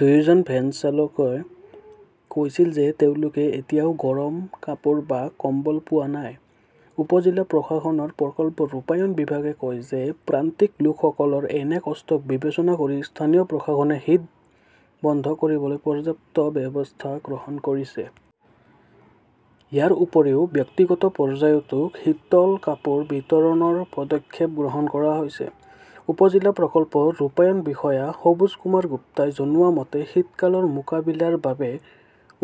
দুয়োজন ভেন চালকই কৈছিল যে তেওঁলোকে এতিয়াও গৰম কাপোৰ বা কম্বল পোৱা নাই। উপ-জিলা প্ৰশাসনৰ প্ৰকল্প ৰূপায়ণ বিভাগে কয় যে প্ৰান্তিক লোকসকলৰ এনে কষ্টক বিবেচনা কৰি স্থানীয় প্ৰশাসনে শীত বন্ধ কৰিবলৈ পৰ্যাপ্ত ব্যৱস্থা গ্ৰহণ কৰিছে। ইয়াৰ উপৰিও ব্যক্তিগত পৰ্যায়তো শীতল কাপোৰ বিতৰণৰ পদক্ষেপ গ্ৰহণ কৰা হৈছে। উপ-জিলা প্ৰকল্প ৰূপায়ণ বিষয়া সবুজ কুমাৰ গুপ্তাই জনোৱা মতে, শীতকালৰ মোকাবিলাৰ বাবে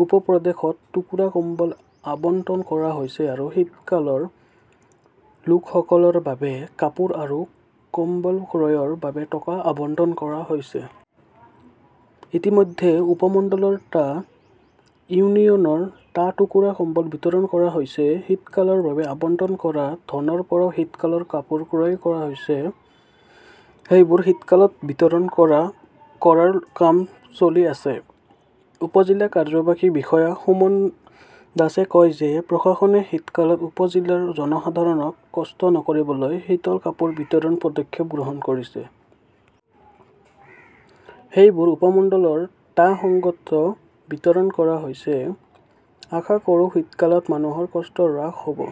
উপ-প্ৰদেশত, টুকুৰা কম্বল আবণ্টন কৰা হৈছে আৰু শীতকালৰ লোকসকলৰ বাবে কাপোৰ আৰু কম্বল ক্ৰয়ৰ বাবে টকা আবণ্টন কৰা হৈছে। ইতিমধ্যে উপমণ্ডলৰ টা ইউনিয়নৰ, টা টুকুৰা কম্বল বিতৰণ কৰা হৈছে। শীতকালৰ বাবে আবণ্টন কৰা ধনৰ পৰাও শীতকালৰ কাপোৰ ক্ৰয় কৰা হৈছে। সেইবোৰ শীতকালত বিতৰণ কৰাৰ কাম চলি আছে। উপ-জিলা কাৰ্যবাহী বিষয়া সুমন দাসে কয় যে প্ৰশাসনে শীতকালত উপ-জিলাৰ জনসাধাৰণক কষ্ট নকৰিবলৈ শীতল কাপোৰ বিতৰণৰ পদক্ষেপ গ্ৰহণ কৰিছে। সেইবোৰ উপমণ্ডলৰ টা সংঘত বিতৰণ কৰা হৈছে। আশা কৰোঁ শীতকালত মানুহৰ কষ্ট হ্ৰাস হ "ব।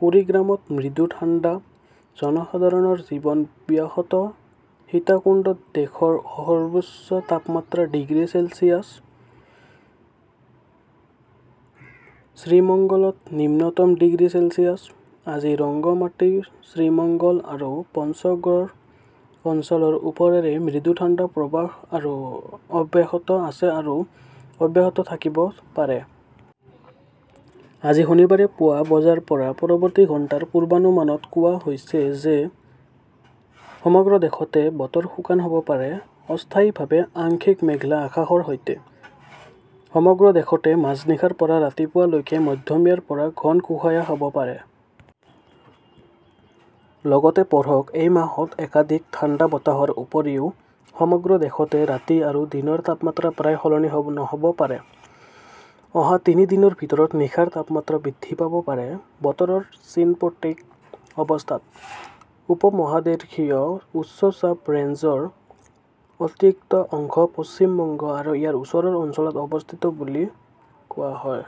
কুৰিগ্ৰামত মৃদু ঠাণ্ডা, জনসাধাৰণৰ জীৱন ব্যাহত সীতাকুণ্ডত দেশৰ সৰ্বোচ্চ তাপমাত্ৰা ডিগ্ৰী চেলছিয়াছ। শ্ৰীমঙ্গলত নিম্নতম ডিগ্ৰী চেলছিয়াছ। আজি ৰংগমাটী, শ্ৰীমঙ্গল আৰু পঞ্চগড় অঞ্চলৰ ওপৰেৰে মৃদু ঠাণ্ডা প্ৰৱাহ অব্যাহত আছে আৰু অব্যাহত থাকিব পাৰে। আজি শনিবাৰে পুৱা বজাৰ পৰা পৰৱৰ্তী ঘণ্টাৰ পূৰ্বানুমানত কোৱা হৈছে যে সমগ্ৰ দেশতে বতৰ শুকান হ 'ব পাৰে, অস্থায়ীভাৱে আংশিক মেঘলা আকাশৰ সৈতে। সমগ্ৰ দেশতে মাজনিশাৰ পৰা ৰাতিপুৱা লৈকে মধ্যমীয়াৰ পৰা ঘন কুয়াশা হ "ব পাৰে। লগতে পঢ়কঃ এই মাহত একাধিক ঠাণ্ডা বতাহৰ উপৰিও সমগ্ৰ দেশতে ৰাতি আৰু দিনৰ তাপমাত্ৰা প্ৰায় সলনি নহ "ব পাৰে। অহা তিনি দিনৰ ভিতৰত নিশাৰ তাপমাত্ৰা বৃদ্ধি পাব পাৰে। বতৰৰ চিনপটিক অৱস্থাত, উপ-মহাদেশীয় উচ্চ চাপ ৰেঞ্জৰ অতিৰিক্ত অংশ পশ্চিম বংগ আৰু ইয়াৰ ওচৰৰ অঞ্চলত অৱস্থিত বুলি কোৱা হয়।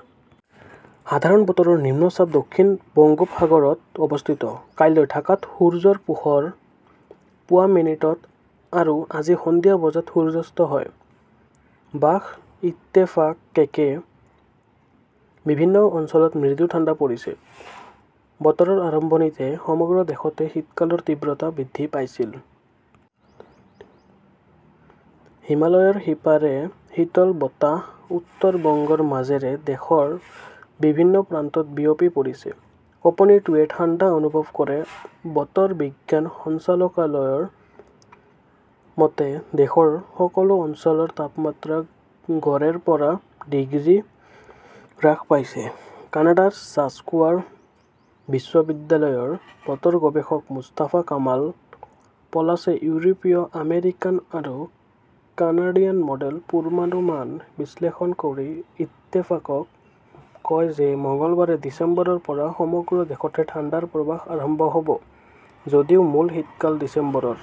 সাধাৰণ বতৰৰ নিম্নচাপ দক্ষিণ বংগোপসাগৰত অৱস্থিত। কাইলৈ ঢাকাত সূৰ্যৰ পোহৰ পুৱা মিনিটত আৰু আজি সন্ধিয়া বজাত সূৰ্যাস্ত হয়। বাস ইত্তেফাক/কেকে। বিভিন্ন অঞ্চলত মৃদু ঠাণ্ডা পৰিছে। বতৰৰ আৰম্ভণিতে সমগ্ৰ দেশতে শীতকালৰ তীব্ৰতা বৃদ্ধি পাইছিল। হিমালয়ৰ সিপাৰে শীতল বতাহ উত্তৰ বংগৰ মাজেৰে দেশৰ বিভিন্ন প্ৰান্তত বিয়পি পৰিছে। কঁপনিটোৱে ঠাণ্ডা অনুভৱ কৰে। বতৰ বিজ্ঞান সঞ্চালকালয়ৰ মতে, দেশৰ সকলো অঞ্চলৰ তাপমাত্ৰা গড়ে ৰ পৰা ডিগ্ৰী হ্ৰাস পাইছে। কানাডাৰ ছাছকোৱাৰ বিশ্ববিদ্যালয়ৰ বতৰ গৱেষক মুস্তাফা কামাল পলাছে ইউৰোপীয়, আমেৰিকান আৰু কানাডিয়ান মডেল পূৰ্বানুমান বিশ্লেষণ কৰি ইত্তেফাকক কয় যে মঙলবাৰে ডিচেম্বৰৰ পৰা সমগ্ৰ দেশতে ঠাণ্ডাৰ প্ৰৱাহ আৰম্ভ হ 'ব। যদিও মূল শীতকাল ডিচেম্বৰৰ